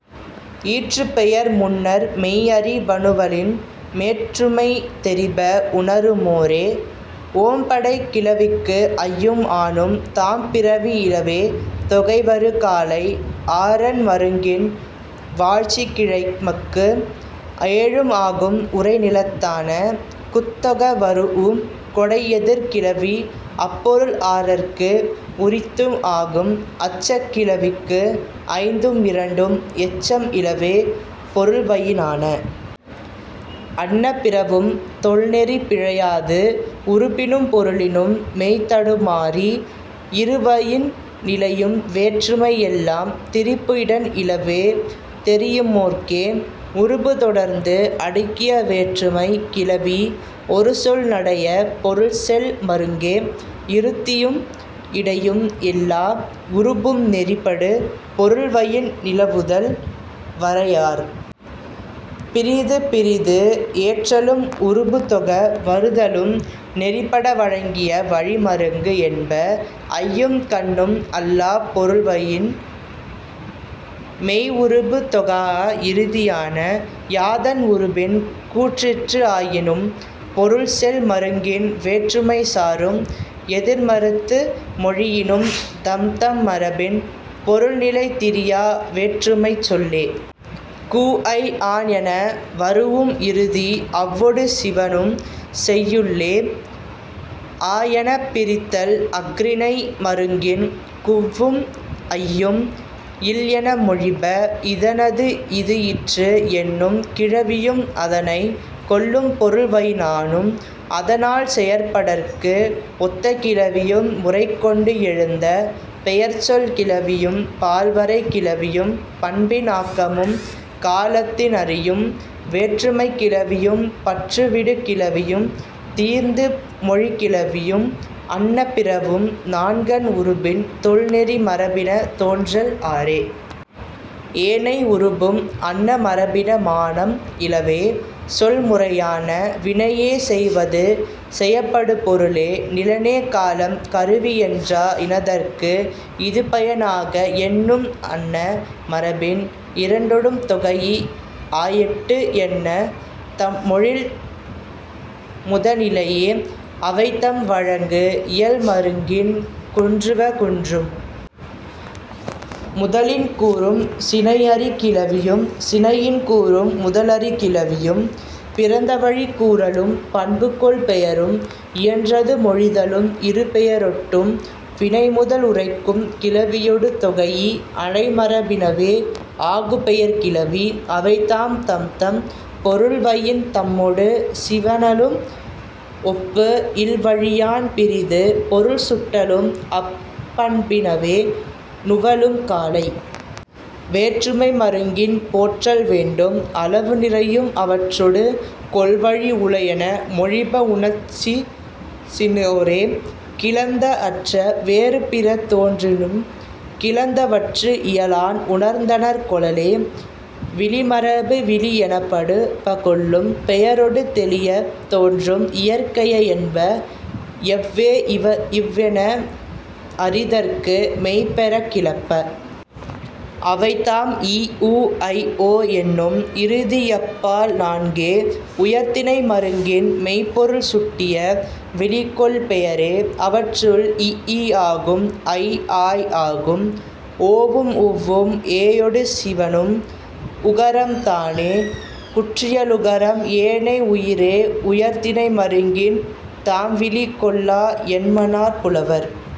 ஈற்றுப் பெயர் முன்னர் மெய் அறி பனுவலின் வேற்றுமை தெரிப உணருமோரே. ஓம்படைக் கிளவிக்கு ஐயும் ஆனும் தாம் பிரிவு இலவே தொகை வரு காலை. ஆறன் மருங்கின் வாழ்ச்சிக் கிழமைக்கு ஏழும் ஆகும் உறை நிலத்தான. குத் தொக வரூஉம் கொடை எதிர் கிளவி அப் பொருள் ஆறற்கு உரித்தும் ஆகும், அச்சக் கிளவிக்கு ஐந்தும் இரண்டும் எச்சம் இலவே பொருள்வயினான. அன்ன பிறவும் தொல் நெறி பிழையாது உருபினும் பொருளினும் மெய் தடுமாறி இரு வயின் நிலையும் வேற்றுமை எல்லாம் திரிபு இடன் இலவே தெரியுமோர்க்கே. உருபு தொடர்ந்து அடுக்கிய வேற்றுமைக் கிளவி ஒரு சொல் நடைய பொருள் செல் மருங்கே. இறுதியும் இடையும் எல்லா உருபும் நெறி படு பொருள்வயின் நிலவுதல் வரையார். பிறிது பிறிது ஏற்றலும் உருபு தொக வருதலும் நெறிபட வழங்கிய வழி மருங்கு என்ப. ஐயும் கண்ணும் அல்லாப் பொருள்வயின் மெய் உருபு தொகாஅ இறுதியான. யாதன் உருபின் கூறிற்று ஆயினும் பொருள் செல் மருங்கின் வேற்றுமை சாரும். எதிர் மறுத்து மொழியினும் தம்தம் மரபின் பொருள் நிலை திரியா வேற்றுமைச் சொல்லே. கு ஐ ஆன் என வரூஉம் இறுதி அவ்வொடு சிவணும் செய்யுளுள்ளே. அ எனப் பிறத்தல் அஃறிணை மருங்கின் குவ்வும் ஐயும் இல் என மொழிப. இதனது இது இற்று என்னும் கிளவியும் அதனைக் கொள்ளும் பொருள்வயினானும் அதனான் செயற்படற்கு ஒத்த கிளவியும் முறை கொண்டு எழுந்த பெயர்ச்சொல் கிளவியும் பால் வரை கிளவியும் பண்பின் ஆக்கமும் காலத்தின் அறியும் வேற்றுமைக் கிளவியும் பற்று விடு கிளவியும் தீர்ந்து மொழிக் கிளவியும் அன்ன பிறவும் நான்கன் உருபின் தொல் நெறி மரபின தோன்றல் ஆறே. ஏனை உருபும் அன்ன மரபின மானம் இலவே சொல் முறையான. வினையே செய்வது செயப்படுபொருளே நிலனே காலம் கருவி என்றா இன்னதற்கு இது பயன் ஆக என்னும் அன்ன மரபின் இரண்டொடும் தொகைஇ ஆயெட்டு என்ப தொழில் முதனிலையே. அவைதாம், வழங்கு இயல் மருங்கின் குன்றுவ குன்றும். முதலின் கூறும் சினை அறி கிளவியும் சினையின் கூறும் முதல் அறி கிளவியும் பிறந்தவழிக் கூறலும் பண்பு கொள் பெயரும் இயன்றது மொழிதலும் இருபெயரொட்டும் வினைமுதல் உரைக்கும் கிளவியொடு தொகைஇ அனை மரபினவே ஆகுபெயர்க் கிளவி. அவைதாம், தம்தம் பொருள்வயின் தம்மொடு சிவணலும் ஒப்பு இல் வழியான் பிறிது பொருள் சுட்டலும் அப் பண்பினவே நுவலும் காலை. வேற்றுமை மருங்கின் போற்றல் வேண்டும். அளவு நிறையும் அவற்றொடு கொள்வழி உள என மொழிப உணர்ந்திசினோரே. கிளந்த அல்ல வேறு பிற தோன்றினும் கிளந்தவற்று இயலான் உணர்ந்தனர் கொளலே.. விளிமரபு விளி எனப்படுப கொள்ளும் பெயரொடு தெளியத் தோன்றும் இயற்கைய என்ப. அவ்வே, இவ் என அறிதற்கு மெய் பெறக் கிளப்ப. அவைதாம், இ உ ஐ ஓ என்னும் இறுதி அப் பால் நான்கே உயர்திணை மருங்கின் மெய்ப் பொருள் சுட்டிய விளி கொள் பெயரே. அவற்றுள், இ ஈ ஆகும் ஐ ஆய் ஆகும். ஓவும் உவ்வும் ஏயொடு சிவணும். உகரம்தானே குற்றியலுகரம். ஏனை உயிரே உயர்திணை மருங்கின் தாம் விளி கொள்ளா என்மனார் புலவர்.